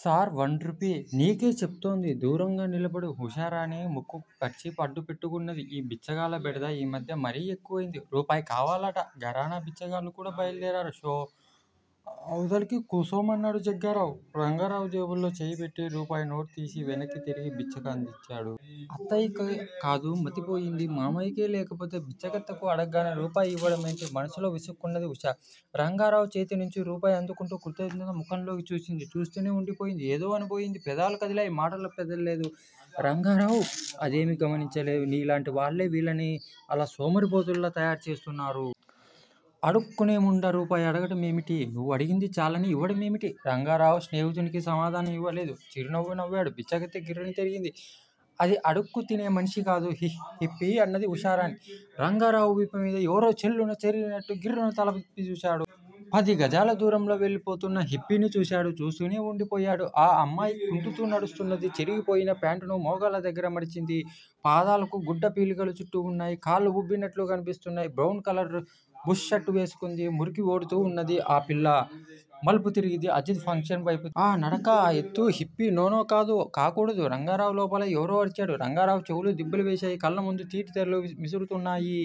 Sir! One rupee! నీకే చెప్తోంది. దూరంగా నిలబడు! ఉషారాణి ముక్కుకు కర్చీఫ్ అడ్డుపెట్టు కున్నది. ఈ బిచ్చగాళ్ళ బెడద ఈ మధ్య మరీ ఎక్కువైంది. రూపాయి కావాలట! ఘరానా బిచ్చగాళ్ళు కూడా బయలుదేరారు. షో! అవతలకు! కూర్చోమన్నాడు జగ్గారావు. రంగారావు జేబులో చెయ్యిపెట్టి, రూపాయి నోటుతీసి వెనక్కు తిరిగి బిచ్చకు అందించాడు. అత్తయ్యకు కాదు మతిపోయింది. మామయ్యకె లేకపోతే! బిచ్చగత్తెకు అడగగానే రూపాయి యివ్వడం ఏమిటి? మనసులోనే విసుక్కున్నది ఉష. రంగారావు చేతినుంచి రూపాయి అందుకుంటూ కృతజ్ఞతతో ముఖంలోకి చూసింది. చూస్తూనే ఉండిపోయింది. ఏదో అనబోయింది. పెదవులు కదిలాయి. మాటలు పెగల్లేదు. రంగారావు అదేమీ గమనించలేదు. నీలాంటి వాళ్ళే వీళ్ళను ఇలా సోమరిపోతుల్లా తయారు చేస్తున్నారు. అడుక్కునే ముండ రూపాయి అడగటం ఏమిటి? నువ్వు అడిగిందే చాలని ఇవ్వడం ఏమిటి? రంగారావు స్నేహితునికి సమాధానం ఇవ్వలేదు. చిరునవ్వు నవ్వాడు. బిచ్చగత్తె గిర్రున తిరిగింది. అది అడక్కుతినే మనిషి కాదు. హిప్పీ! అన్నది ఉషారాణి. రంగారావు వీపు మీద ఎవరో చెళ్ళున చరిచినట్టు గిర్రున తలతిప్పి చూశాడు. పదిగజాల దూరంలో వెళ్లిపోతున్న హిప్పీని చూశాడు. చూస్తూనే వుండిపోయాడు. ఆ అమ్మాయి కుంటుతూ నడుస్తున్నది. చిరిగిపోయిన ప్యాంటును మోకాళ్ళ దగ్గిర మడిచింది. పాదాలకు గుడ్డపీలికలు చుట్టి వున్నాయి. కాళ్ళు వుబ్బివున్నట్టు కన్పిస్తున్నాయి. బ్రౌన్ కలర్ బుష్ షర్టు వేసుకుంది. మురికి వోడుతూ వున్నది. ఆ పిల్ల మలుపుతిరిగి ఆబిద్ జంక్షన్ వేపు ఆఁ నడక, ఆ ఎత్తు, హిప్పీ. నో నో కాదు. కాకూడదు రంగారావు లోపల ఎవరో అరిచాడు. రంగారావు చెవులు దిబ్బెళ్ళు వేశాయి. కళ్లముందు చీకటితెరలు ముసురుతున్నాయి.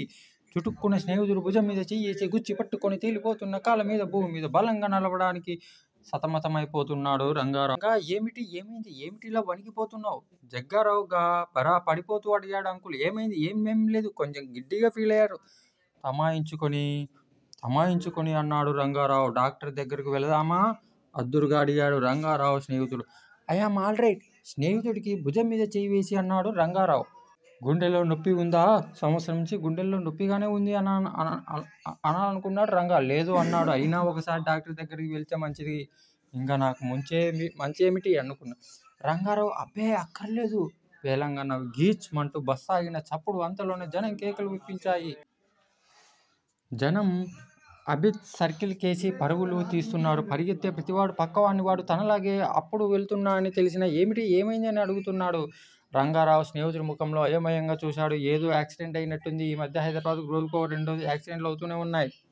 చటుక్కున స్నేహితుడి భుజంమీద చెయ్యివేసి గుచ్చి పట్టుకొని, తేలిపోతున్న కాళ్ళను భూమిమీద బలంగా నిలపడానికి సతమతమైపోతున్నాడు రంగా. రంగా! ఏమిటి? ఏమైంది? ఏమిటిలా వణికి పోతున్నావ్? జగ్గారావు గాభరా పడిపోతూ అడిగాడు. అంకుల్! ఏమైంది? ఏ ఏం లేదు. కొంచెం గిడ్డీగా ఫీలయ్యాను తమాయించుకొని తమాయించుకొని అన్నాడు రంగారావు. డాక్టర్ దగ్గిరకు వెళదామా? ఆదుర్దాగా అడిగాడు రంగారావు స్నేహితుడు. I'm all right! స్నేహితుడికి భుజంమీద చెయ్యివేసి అన్నాడు రంగారావు. గుండెలో నొప్పి వుందా? సంవత్సరం నుంచి గుండెలో నొప్పిగానే వుంది అనాలనుకున్నాడు రంగా. లేదు! అన్నాడు. అయినా ఒకసారి డాక్టర్ దగ్గిరకి వెళితే మంచిదిగా? ఇంకా నాకు మంచేమిటి? అనుకున్నా రంగారావు. అబ్బే! అక్కర్లేదు పేలవంగా నవ్వాడు. గీచ్ మంటూ బస్ ఆగిన చప్పుడూ, అంతలోనే జనం కేకలు విన్పించాయి. జనం ఆబిద్ సర్కిల్ కేసి పరుగులు తీస్తున్నారు. పరిగెత్తే ప్రతివాడూ, పక్కవాడ్ని, వాడూ తనలాగే అప్పుడే వెళుతున్నాడని తెలిసినా ఏమిటి? ఏమైంది? అని అడుగుతున్నాడు. రంగారావు స్నేహితుడి ముఖంలో అయోమయంగా చూశాడు. ఏదో యాక్సిడెంట్ అయినట్టుంది. ఈ మధ్య హైదరాబాద్ లో రోజుకు ఒకటో రెండో యాక్సిడెంట్సు అవుతూనే వున్నాయి.